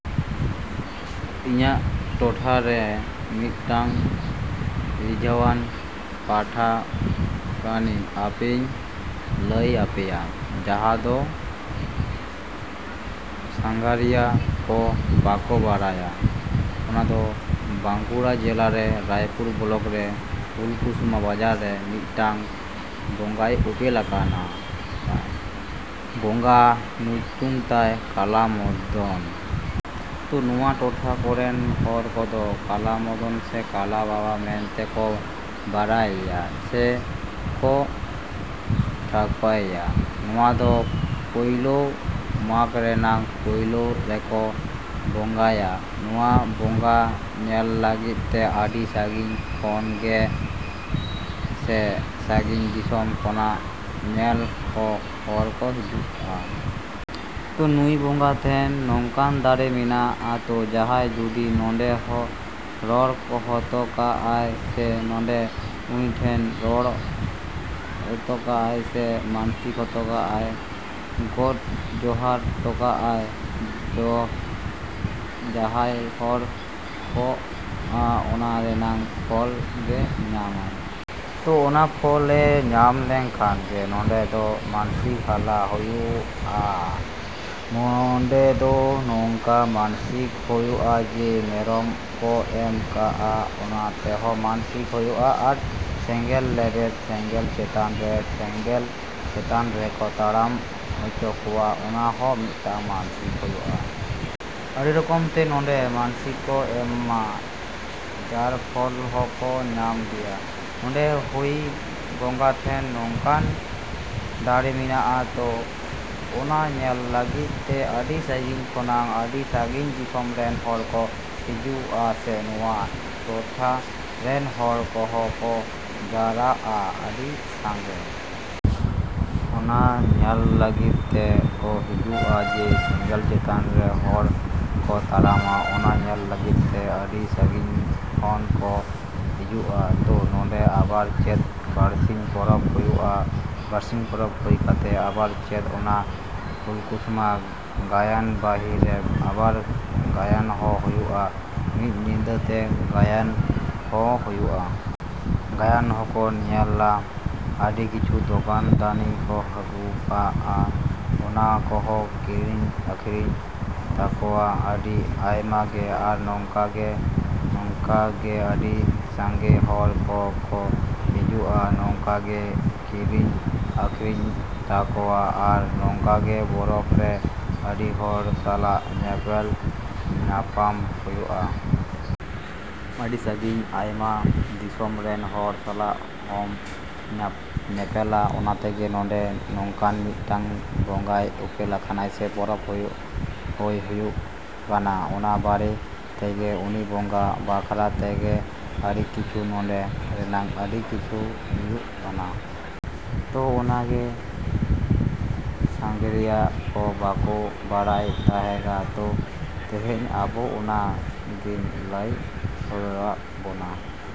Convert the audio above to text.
‎ᱤᱧᱟᱹᱜ ᱴᱚᱴᱷᱟ ᱨᱮ ᱢᱤᱫᱴᱟᱝ ᱨᱤᱡᱷᱟᱹᱣᱟᱱ ᱯᱟᱦᱴᱟ ᱠᱟᱹᱦᱱᱤ ᱟᱯᱮᱧ ᱞᱟᱹᱭ ᱟᱯᱮᱭᱟ, ᱡᱟᱦᱟᱸ ᱫᱚ ᱥᱟᱸᱜᱷᱟᱨᱤᱭᱟᱹ ᱠᱚ ᱵᱟᱠᱚ ᱵᱟᱲᱟᱭᱟ ᱚᱱᱟ ᱫᱚ ᱵᱟᱸᱠᱩᱲᱟ ᱡᱮᱞᱟ ᱨᱮ, ᱨᱟᱭᱯᱩᱨ ᱵᱞᱚᱠ ᱨᱮ, ᱯᱷᱩᱞᱠᱩᱥᱢᱟᱹ ᱵᱟᱡᱟᱨ ᱨᱮ ᱢᱤᱫᱴᱟᱹᱝ ᱵᱚᱸᱜᱟᱭ ᱩᱯᱮᱞ ᱟᱠᱟᱱᱟᱭ᱾ ᱵᱚᱸᱜᱟ ᱧᱩᱛᱩᱢ ᱠᱟᱞᱟ ᱢᱚᱫᱟᱱ᱾ ᱛᱚ ᱱᱚᱣᱟ ᱴᱚᱴᱷᱟ ᱠᱚᱨᱮᱱ ᱦᱚᱲ ᱠᱚᱫᱚ ᱠᱟᱞᱟ ᱢᱟᱫᱟᱱ ᱥᱮ ᱠᱟᱞᱟ ᱵᱟᱵᱟ ᱢᱮᱱᱛᱮ ᱠᱚ ᱵᱟᱲᱟᱭᱮᱭᱟ ᱥᱮ ᱠᱚ ᱴᱷᱟᱹᱣᱠᱟᱹᱭᱟ᱾ ᱱᱚᱣᱟ ᱫᱚ ᱯᱩᱭᱞᱟᱹ ᱢᱟᱜᱽ ᱨᱮᱱᱟᱜ ᱯᱩᱭᱞᱟᱹ ᱨᱮᱠᱚ ᱵᱚᱸᱜᱟᱭᱟ ᱱᱚᱣᱟ ᱵᱚᱸᱜᱟ ᱧᱮᱞ ᱞᱟᱹᱜᱤᱫ ᱛᱮ ᱟᱹᱰᱤ ᱥᱟᱺᱜᱤᱧ ᱠᱷᱚᱱᱟᱜ ᱥᱮ ᱥᱟᱺᱜᱤᱧ ᱫᱤᱥᱚᱢ ᱠᱷᱚᱱᱟᱜ ᱧᱮᱧᱮᱞ ᱠᱚ ᱦᱚᱲ ᱠᱚ ᱦᱤᱡᱩᱜᱼᱟ᱾ ᱛᱚ ᱱᱩᱭ ᱵᱚᱸᱜᱟ ᱴᱷᱮᱱ ᱱᱚᱝᱠᱟᱱ ᱫᱟᱲᱮ ᱢᱮᱱᱟᱜᱼᱟ ᱛᱚ ᱡᱟᱦᱟᱸᱭ ᱡᱩᱫᱤ ᱱᱚᱸᱰᱮ ᱨᱚᱲ ᱦᱚᱴᱚ ᱠᱟᱜᱼᱟᱭ ᱥᱮ ᱱᱚᱸᱰᱮ ᱩᱱᱤ ᱴᱷᱮᱱ ᱨᱚᱲ ᱚᱴᱚᱠᱟᱜᱼᱟᱭ ᱥᱮ ᱢᱟᱹᱱᱥᱤᱠ ᱚᱴᱚᱠᱟᱜᱼᱟᱭ, ᱜᱚᱰ ᱡᱚᱦᱟᱨ ᱴᱚᱠᱟᱜᱼᱟᱭ, ᱡᱟᱦᱟᱸᱭ ᱨᱚᱲ ᱠᱟᱜᱼᱟ ᱚᱱᱟ ᱨᱮᱱᱟᱜ ᱯᱷᱚᱞ ᱜᱮ ᱧᱟᱢᱟᱭ᱾ ᱛᱚ ᱚᱱᱟ ᱯᱷᱚᱞ ᱮ ᱧᱟᱢ ᱞᱮᱠᱷᱟᱱ ᱜᱮ ᱱᱚᱸᱰᱮ ᱫᱚ ᱢᱟᱹᱱᱥᱤᱠ ᱦᱟᱞᱟ ᱦᱩᱭᱩᱜᱼᱟ᱾ ᱱᱚᱸᱰᱮ ᱫᱚ ᱱᱚᱝᱠᱟ ᱢᱟᱹᱱᱥᱤᱠ ᱦᱩᱭᱩᱜᱼᱟ ᱡᱮ ᱢᱮᱨᱚᱢ ᱠᱚ ᱮᱢ ᱠᱟᱜᱼᱟ, ᱚᱱᱟ ᱛᱮᱦᱚᱸ ᱢᱟᱹᱱᱥᱤᱠ ᱦᱩᱭᱩᱜᱼᱟ ᱟᱨ ᱥᱮᱸᱜᱮᱞ ᱞᱮᱵᱮᱫ, ᱥᱮᱸᱜᱮᱞ ᱪᱮᱛᱟᱱ ᱨᱮ, ᱥᱮᱸᱜᱮᱞ ᱪᱮᱛᱟᱱ ᱨᱮᱠᱚ ᱛᱟᱲᱟᱢ ᱚᱪᱚ ᱠᱚᱣᱟ, ᱚᱱᱟ ᱦᱚᱸ ᱢᱤᱫᱴᱟᱹᱝ ᱢᱟᱹᱱᱥᱤᱠ ᱦᱩᱭᱩᱜᱼᱟ᱾ ᱟᱹᱰᱤ ᱨᱚᱠᱚᱢ ᱛᱮ ᱱᱚᱸᱰᱮ ᱢᱟᱹᱱᱥᱤᱠ ᱠᱚ ᱮᱢᱟ ᱡᱟᱨ ᱯᱷᱚᱞ ᱦᱚᱸ ᱠᱚ ᱧᱟᱢ ᱜᱮᱭᱟ᱾ ᱱᱚᱸᱰᱮ ᱱᱩᱭ ᱵᱚᱸᱜᱟ ᱴᱷᱮᱱ ᱱᱚᱝᱠᱟᱱ ᱫᱟᱲᱮ ᱢᱮᱱᱟᱜᱼᱟ ᱛᱚ ᱚᱱᱟ ᱧᱮᱞ ᱞᱟᱹᱜᱤᱫ ᱛᱮ ᱟᱹᱰᱤ ᱥᱟᱺᱜᱤᱧ ᱠᱷᱚᱱᱟᱜ ᱟᱹᱰᱤ ᱥᱟᱺᱜᱤᱧ ᱫᱤᱥᱚᱢ ᱨᱮᱱ ᱦᱚᱲ ᱠᱚ ᱦᱤᱡᱩᱜᱼᱟ ᱥᱮ ᱱᱚᱣᱟ ᱴᱚᱴᱷᱟ ᱨᱮᱱ ᱦᱚᱲ ᱠᱚᱦᱚᱸ ᱠᱚ ᱡᱟᱣᱨᱟᱜᱼᱟ ᱟᱹᱰᱤ ᱥᱟᱸᱜᱮ᱾ ᱚᱱᱟ ᱧᱮᱞ ᱞᱟᱹᱜᱤᱫ ᱛᱮ ᱠᱚ ᱦᱤᱡᱩᱜᱼᱟ ᱡᱮ ᱥᱮᱸᱜᱮᱞ ᱪᱮᱛᱟᱱ ᱨᱮ ᱦᱚᱲ ᱠᱚ ᱛᱟᱲᱟᱢᱟ, ᱚᱱᱟ ᱧᱮᱞ ᱞᱟᱹᱜᱤᱫ ᱛᱮᱜᱮ ᱟᱹᱰᱤ ᱥᱟᱺᱜᱤᱧ ᱠᱷᱚᱱ ᱠᱚ ᱦᱤᱡᱩᱜᱼᱟ᱾ ᱛᱚ ᱱᱚᱸᱰᱮ ᱟᱵᱟᱨ ᱪᱮᱫ ᱵᱟᱹᱨᱥᱤᱧ ᱯᱚᱨᱚᱵᱽ ᱦᱩᱭᱩᱜᱼᱟ᱾ ᱵᱟᱹᱨᱥᱤᱧ ᱯᱚᱨᱚᱵᱽ ᱦᱩᱭ ᱠᱟᱛᱮᱜ ᱟᱵᱟᱨ ᱪᱮᱫ ᱚᱱᱟ ᱯᱷᱩᱞᱠᱩᱥᱢᱟᱹ ᱜᱟᱭᱟᱱ ᱵᱟᱹᱦᱤ ᱨᱮ ᱟᱵᱟᱨ ᱜᱟᱭᱟᱱ ᱦᱚᱸ ᱦᱩᱭᱩᱜᱼᱟ, ᱢᱤᱫ ᱧᱤᱫᱟᱹ ᱛᱮ ᱜᱟᱭᱟᱱ ᱦᱚᱸ ᱦᱩᱭᱩᱜᱼᱟ᱾ ᱜᱟᱭᱟᱱ ᱦᱚᱸ ᱠᱚ ᱧᱮᱞᱟ᱾ ᱟᱹᱰᱤ ᱠᱤᱪᱷᱩ ᱫᱚᱠᱟᱱ ᱫᱟᱹᱱᱤ ᱠᱚ ᱟᱹᱜᱩ ᱠᱟᱜᱼᱟ, ᱚᱱᱟ ᱠᱚᱦᱚᱸ ᱠᱤᱨᱤᱧ ᱟᱹᱠᱷᱨᱤᱧᱚᱜ ᱛᱟᱠᱚᱣᱟ ᱟᱹᱰᱤ ᱟᱭᱢᱟ ᱜᱮ᱾ ᱟᱨ ᱱᱚᱝᱠᱟ ᱜᱮ ᱚᱝᱠᱟ ᱜᱮ ᱟᱹᱰᱤ ᱥᱟᱸᱜᱮ ᱦᱚᱲ ᱠᱚ ᱠᱚ ᱦᱤᱡᱩᱜᱼᱟ, ᱱᱚᱝᱠᱟ ᱜᱮ ᱠᱤᱨᱤᱧ ᱟᱠᱷᱨᱤᱧᱚᱜ ᱛᱟᱠᱚᱣᱟ ᱟᱨ ᱱᱚᱝᱠᱟ ᱜᱮ ᱯᱚᱨᱚᱵᱽ ᱨᱮ ᱟᱹᱰᱤ ᱦᱚᱲ ᱥᱟᱞᱟᱜ ᱧᱮᱯᱮᱞ ᱧᱟᱸᱯᱟᱢ ᱦᱩᱭᱩᱜᱼᱟ᱾ ᱟᱹᱰᱤ ᱥᱟᱺᱜᱤᱧ ᱟᱭᱢᱟ ᱫᱤᱥᱚᱢ ᱨᱮᱱ ᱦᱚᱲ ᱥᱟᱞᱟᱜ ᱦᱚᱢ ᱧᱮᱯᱮᱞᱟ᱾ ᱚᱱᱟᱛᱮᱜᱮ ᱱᱚᱸᱰᱮ ᱱᱚᱝᱠᱟᱱ ᱢᱤᱫᱴᱟᱹᱝ ᱵᱚᱸᱜᱟᱭ ᱩᱯᱮᱞ ᱟᱠᱟᱱᱟ ᱥᱮ ᱯᱚᱨᱚᱵᱽ ᱦᱚᱸ ᱦᱩᱭᱩᱜ ᱠᱟᱱᱟ᱾ ᱚᱱᱟ ᱵᱟᱨᱮ ᱛᱮᱜᱮ ᱩᱱᱤ ᱵᱚᱸᱜᱟ ᱵᱟᱠᱷᱨᱟ ᱛᱮᱜᱮ ᱟᱹᱰᱤ ᱠᱤᱪᱷᱩ ᱱᱚᱸᱰᱮ ᱨᱮᱱᱟᱜ ᱟᱹᱰᱤ ᱠᱤᱪᱷᱩ ᱦᱩᱭᱩᱜ ᱠᱟᱱᱟ᱾ ᱛᱚ ᱚᱱᱟ ᱜᱮ ᱥᱟᱸᱜᱷᱟᱨᱤᱭᱟᱹ ᱠᱚ ᱵᱟᱠᱚ ᱵᱟᱲᱟᱭ ᱛᱟᱦᱮᱸᱜᱼᱟ᱾ ᱛᱚ ᱛᱮᱦᱮᱧ ᱟᱵᱚ ᱚᱱᱟ ᱜᱤᱧ ᱞᱟᱹᱭ ᱥᱚᱫᱚᱨᱟᱜ ᱵᱚᱱᱟ।